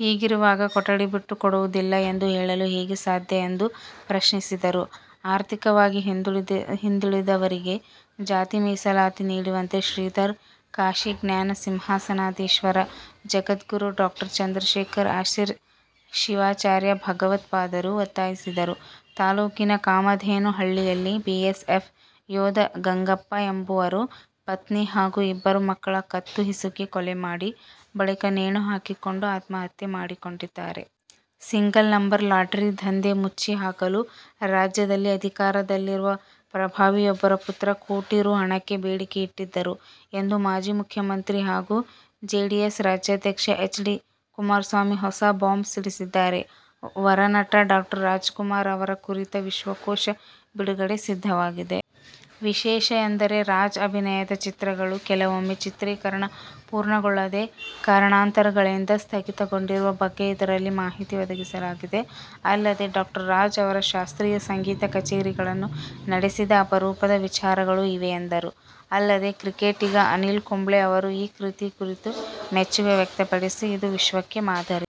ಹೀಗಿರುವಾಗ ಕೊಠಡಿ ಬಿಟ್ಟುಕೊಡುವುದಿಲ್ಲ ಎಂದು ಹೇಳಲು ಹೇಗೆ ಸಾಧ್ಯಎಂದು ಪ್ರಶ್ನಿಸಿದರು. ಆರ್ಥಿಕವಾಗಿ ಹಿಂದುಳಿದವರಿಗೆ ಜಾತಿ ಮೀಸಲಾತಿ ನೀಡುವಂತೆ ಶ್ರೀಮದ್ ಕಾಶಿ ಜ್ಞಾನ ಸಿಂಹಾಸನಾಧೀಶ್ವರ ಜಗದ್ಗುರು ಡಾ ಚಂದ್ರಶೇಖರ ಶಿವಾಚಾರ್ಯ ಭಗವತ್ಪಾದರು ಒತ್ತಾಯಿಸಿದರು. ತಾಲೂಕಿನ ಕಾಮಧೇನ ಹಳ್ಳಿಯಲ್ಲಿ ಬಿಎಸ್ಎಫ್ ಯೋಧ ಗಂಗಪ್ಪ ಎಂಬುವರು ಪತ್ನಿ ಹಾಗೂ ಇಬ್ಬರು ಮಕ್ಕಳ ಕತ್ತು ಹಿಸುಕಿ ಕೊಲೆ ಮಾಡಿ, ಬಳಿಕ ನೇಣು ಹಾಕಿಕೊಂಡು ಆತ್ಮಹತ್ಯೆ ಮಾಡಿಕೊಂಡಿದ್ದಾರೆ. ಸಿಂಗಲ್ ನಂಬರ್ ಲಾಟರಿ ದಂಧೆ ಮುಚ್ಚಿಹಾಕಲು ರಾಜ್ಯದಲ್ಲಿ ಅಧಿಕಾರದಲ್ಲಿರುವ ಪ್ರಭಾವಿಯೊಬ್ಬರ ಪುತ್ರ ಕೋಟಿ ರೂ. ಹಣಕ್ಕೆ ಬೇಡಿಕೆ ಇಟ್ಟಿದ್ದರು ಎಂದು ಮಾಜಿ ಮುಖ್ಯಮಂತ್ರಿ ಹಾಗೂ ಜೆಡಿಎಸ್ ರಾಜ್ಯಾಧ್ಯಕ್ಷ ಎಚ್. ಡಿ. ಕುಮಾರಸ್ವಾಮಿ ಹೊಸ ಬಾಂಬ್ ಸಿಡಿಸಿದ್ದಾರೆ. ವರನಟ ಡಾ. ರಾಜ್ಕುಮಾರ್ ಅವರ ಕುರಿತ ವಿಶ್ವಕೋಶ ಬಿಡುಗಡೆಗೆ ಸಿದ್ಧವಾಗಿದೆ. ವಿಶೇಷ ಎಂದರೆ ರಾಜ್ ಅಭಿನಯನದ ಚಿತ್ರಗಳೂ ಕೆಲವೊಮ್ಮೆ ಚಿತ್ರೀಕರಣ ಪೂರ್ಣಗೊಳ್ಳದೆ ಕಾರಣಾಂತರಗಳಿಂದ ಸ್ಥಗಿತಗೊಂಡಿರುವ ಬಗ್ಗೆ ಇದರಲ್ಲಿ ಮಾಹಿತಿ ಒದಗಿಸಲಾಗಿದೆ. ಅಲ್ಲದೆ, ಡಾ. ರಾಜ್ ಅವರು ಶಾಸ್ತ್ರೀಯ ಸಂಗೀತ ಕಛೇರಿಗಳನ್ನು ನಡೆಸಿದ ಅಪರೂಪದ ವಿಚಾರಗಳು ಇವೆ ಎಂದರು. ಅಲ್ಲದೆ, ಕ್ರಿಕೆಟಿಗ ಅನಿಲ್ ಕುಂಬ್ಳೆ ಅವರು ಈ ಕೃತಿ ಕುರಿತು ಮೆಚ್ಚುಗೆ ವ್ಯಕ್ತಪಡಿಸಿ, ಇದು ವಿಶ್ವಕ್ಕೆ ಮಾದರಿ.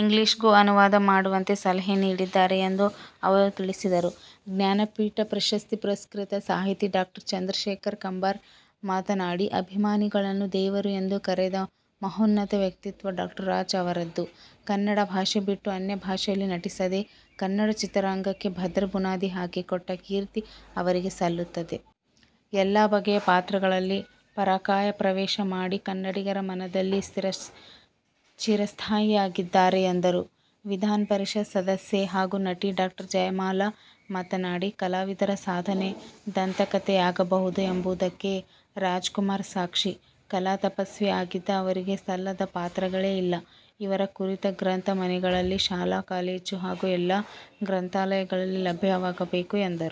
ಇಂಗ್ಲಿಷ್ಗೂ ಅನುವಾದ ಮಾಡುವಂತೆ ಸಲಹೆ ನೀಡಿದ್ದಾರೆ ಎಂದೂ ಅವರು ತಿಳಿಸಿದರು. ಜ್ಞಾನಪೀಠ ಪ್ರಶಸ್ತಿ ಪುರಸ್ಕೃತ ಸಾಹಿತಿ ಡಾ. ಚಂದ್ರಶೇಖರ ಕಂಬಾರ ಮಾತನಾಡಿ, ಅಭಿಮಾನಿಗಳನ್ನು ದೇವರು ಎಂದು ಕರೆದ ಮಹೋನ್ನತ ವ್ಯಕ್ತಿತ್ವ ಡಾ. ರಾಜ್ ಅವರದ್ದು. ಕನ್ನಡ ಭಾಷೆ ಬಿಟ್ಟು, ಅನ್ಯ ಭಾಷೆಯಲ್ಲಿ ನಟಿಸದೆ ಕನ್ನಡ ಚಿತ್ರರಂಗಕ್ಕೆ ಭದ್ರ ಬುನಾದಿ ಹಾಕಿಕೊಟ್ಟ ಕೀರ್ತಿ ಅವರಿಗೆ ಸಲ್ಲುತ್ತದೆ. ಎಲ್ಲಾ ಬಗೆಯ ಪಾತ್ರಗಳಲ್ಲಿ ಪರಾಕಾಯ ಪ್ರವೇಶ ಮಾಡಿ ಕನ್ನಡಿಗರ ಮನದಲ್ಲಿ ಚಿರಸ್ಥಾಯಿಯಾಗಿದ್ದಾರೆ ಎಂದರು. ವಿಧಾನಪರಿಷತ್ ಸದಸ್ಯೆ ಹಾಗೂ ನಟಿ ಡಾ. ಜಯಮಾಲಾ ಮಾತನಾಡಿ, ಕಲಾವಿದರ ಸಾಧನೆ ದಂತಕಥೆಯಾಗಬಹುದು ಎಂಬುದಕ್ಕೆ ರಾಜ್ಕುಮಾರ್ ಸಾಕ್ಷಿ. ಕಲಾತಪಸ್ವಿ ಆಗಿದ್ದ ಅವರಿಗೆ ಸಲ್ಲದ ಪಾತ್ರಗಳೇ ಇಲ್ಲ. ಇವರ ಕುರಿತ ಗ್ರಂಥ ಮನೆಗಳಲ್ಲಿ, ಶಾಲಾ-ಕಾಲೇಜು ಹಾಗೂ ಎಲ್ಲಾ ಗ್ರಂಥಾಲಯಗಳಲ್ಲಿ ಲಭ್ಯವಾಗಬೇಕು ಎಂದರು.